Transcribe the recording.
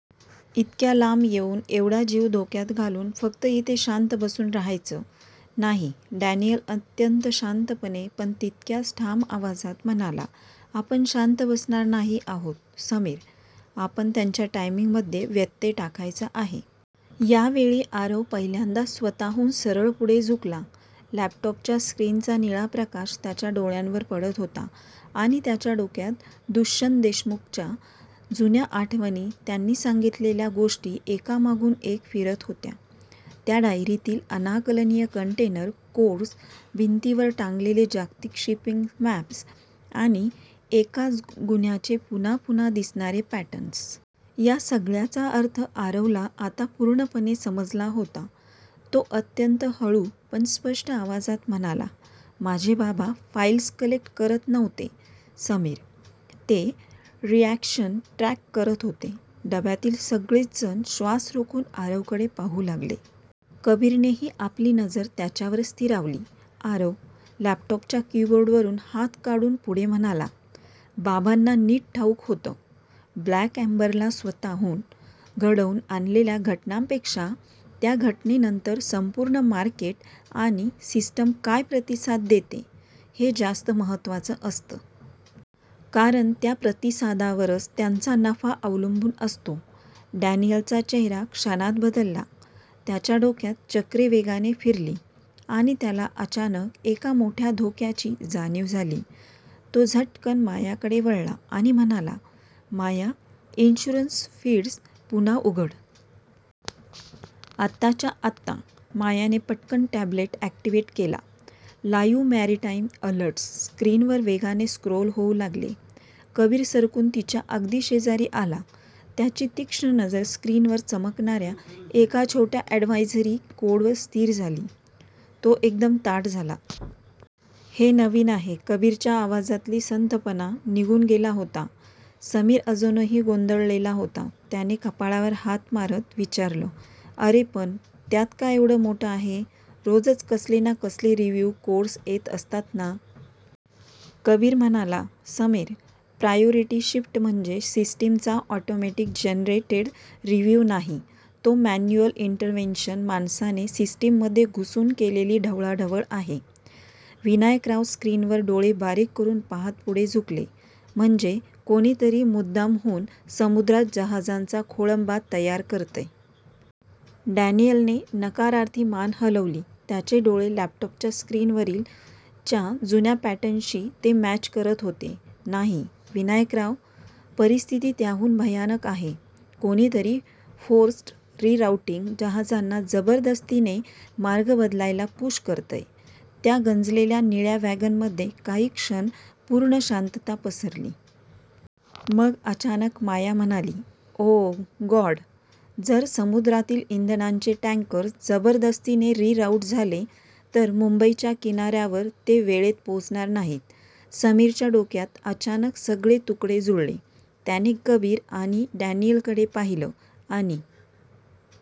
इतक्या लांब येऊन, एवढा जीव धोक्यात घालून फक्त इथे शांत बसून राहायचं? नाही, डॅनियल अत्यंत शांतपणे, पण तितक्याच ठाम आवाजात म्हणाला. "आपण शांत बसणार नाही आहोत, समीर. आपण त्यांच्या टायमिंगमध्ये व्यत्यय टाकायचा आहे." या वेळी आरव पहिल्यांदाच स्वतःहून सरळ पुढे झुकला. लॅपटॉपच्या स्क्रीनचा निळा प्रकाश त्याच्या डोळ्यांवर पडत होता आणि त्याच्या डोक्यात दुष्यंत देशमुखांच्या जुन्या आठवणी, त्यांनी सांगितलेल्या गोष्टी एकामागून एक फिरत होत्या. त्या डायरीतील अनाकलनीय कंटेनर कोड्स, भिंतीवर टांगलेले जागतिक शिपिंग मॅप्स आणि एकाच गुन्ह्याचे पुन्हा पुन्हा दिसणारे पॅटर्न्स. या सगळ्याचा अर्थ आरवला आता पूर्णपणे समजला होता. तो अत्यंत हळू, पण स्पष्ट आवाजात म्हणाला, "माझे बाबा फाईल्स कलेक्ट करत नव्हते, समीर. ते रिएक्शन्स ट्रॅक करत होते." डब्यातील सगळेच जण श्वास रोखून आरवकडे पाहू लागले. कबीरनेही आपली नजर त्याच्यावर स्थिरावली. आरव लॅपटॉपच्या कीबोर्डवरून हात काढून पुढे म्हणाला, "बाबांना नीट ठाऊक होतं. ब्लॅक एम्बरला स्वतः घडवून आणलेल्या घटनांपेक्षा, त्या घटनेनंतर संपूर्ण मार्केट आणि सिस्टीम काय प्रतिसाद देते, हे जास्त महत्त्वाचं असतं. कारण त्या प्रतिसादावरच त्यांचा नफा अवलंबून असतो." डॅनियलचा चेहरा क्षणात बदलला. त्याच्या डोक्यात चक्रे वेगाने फिरली आणि त्याला अचानक एका मोठ्या धोक्याची जाणीव झाली. तो झटकन मायाकडे वळला आणि म्हणाला, "माया, इन्शुरन्स फीड्स पुन्हा उघड. आत्ताच्या आत्ता!" मायाने पटकन टॅबलेट अॅक्टिव्हेट केला. लाईव्ह मॅरिटाईम अलर्ट्स स्क्रीनवर वेगाने स्क्रोल होऊ लागले. कबीर सरकून तिच्या अगदी शेजारी आला. त्याची तीक्ष्ण नजर स्क्रीनवर चमकणाऱ्या एका छोट्या अॅडव्हायझरी कोडवर स्थिर झाली. तो एकदम ताठ झाला. "हे नवीन आहे," कबीरच्या आवाजातली संथपणा निघून गेला होता. समीर अजूनही गोंधळलेला होता. त्याने कपाळावर हात मारत विचारलं, "अरे पण, त्यात काय एवढं मोठं आहे? रोजच कसले ना कसले रिव्ह्यू कोड्स येत असतात ना?" कबीर म्हणाला "समीर, प्रायोरिटी शिफ्ट म्हणजे सिस्टीमचा ऑटोमॅटिक जनरेटेड रिव्ह्यू नाही. तो मॅन्युअल इंटरव्हेन्शन माणसाने सिस्टीममध्ये घुसून केलेली ढवळाढवळ आहे. " विनायकराव स्क्रीनवर डोळे बारीक करून पाहत पुढे झुकले," म्हणजे कोणीतरी मुद्दामहून समुद्रात जहाजांचा खोळंबा तयार करतंय?" डॅनियलने नकारार्थी मान हलवली. त्याचे डोळे लॅपटॉपच्या स्क्रीनवरील '' च्या जुन्या पॅटर्न्सशी ते मॅच करत होते, "नाही विनायकराव. परिस्थिती त्याहून भयानक आहे." "कोणीतरी फोर्सड रीराउटिंग जहाजांना जबरदस्तीने मार्ग बदलायला पुश करतंय." त्या गंजलेल्या निळ्या वॅगनमध्ये काही क्षण पूर्ण शांतता पसरली. मग, अचानक माया म्हणाली, "ओह गॉड जर समुद्रातील इंधनाचे टँकर्स जबरदस्तीने रीराउट झाले, तर मुंबईच्या किनाऱ्यावर ते वेळेत पोहोचणार नाहीत." समीरच्या डोक्यात अचानक सगळे तुकडे जुळले. त्याने कबीर आणि डॅनियलकडे पाहिलं, आणि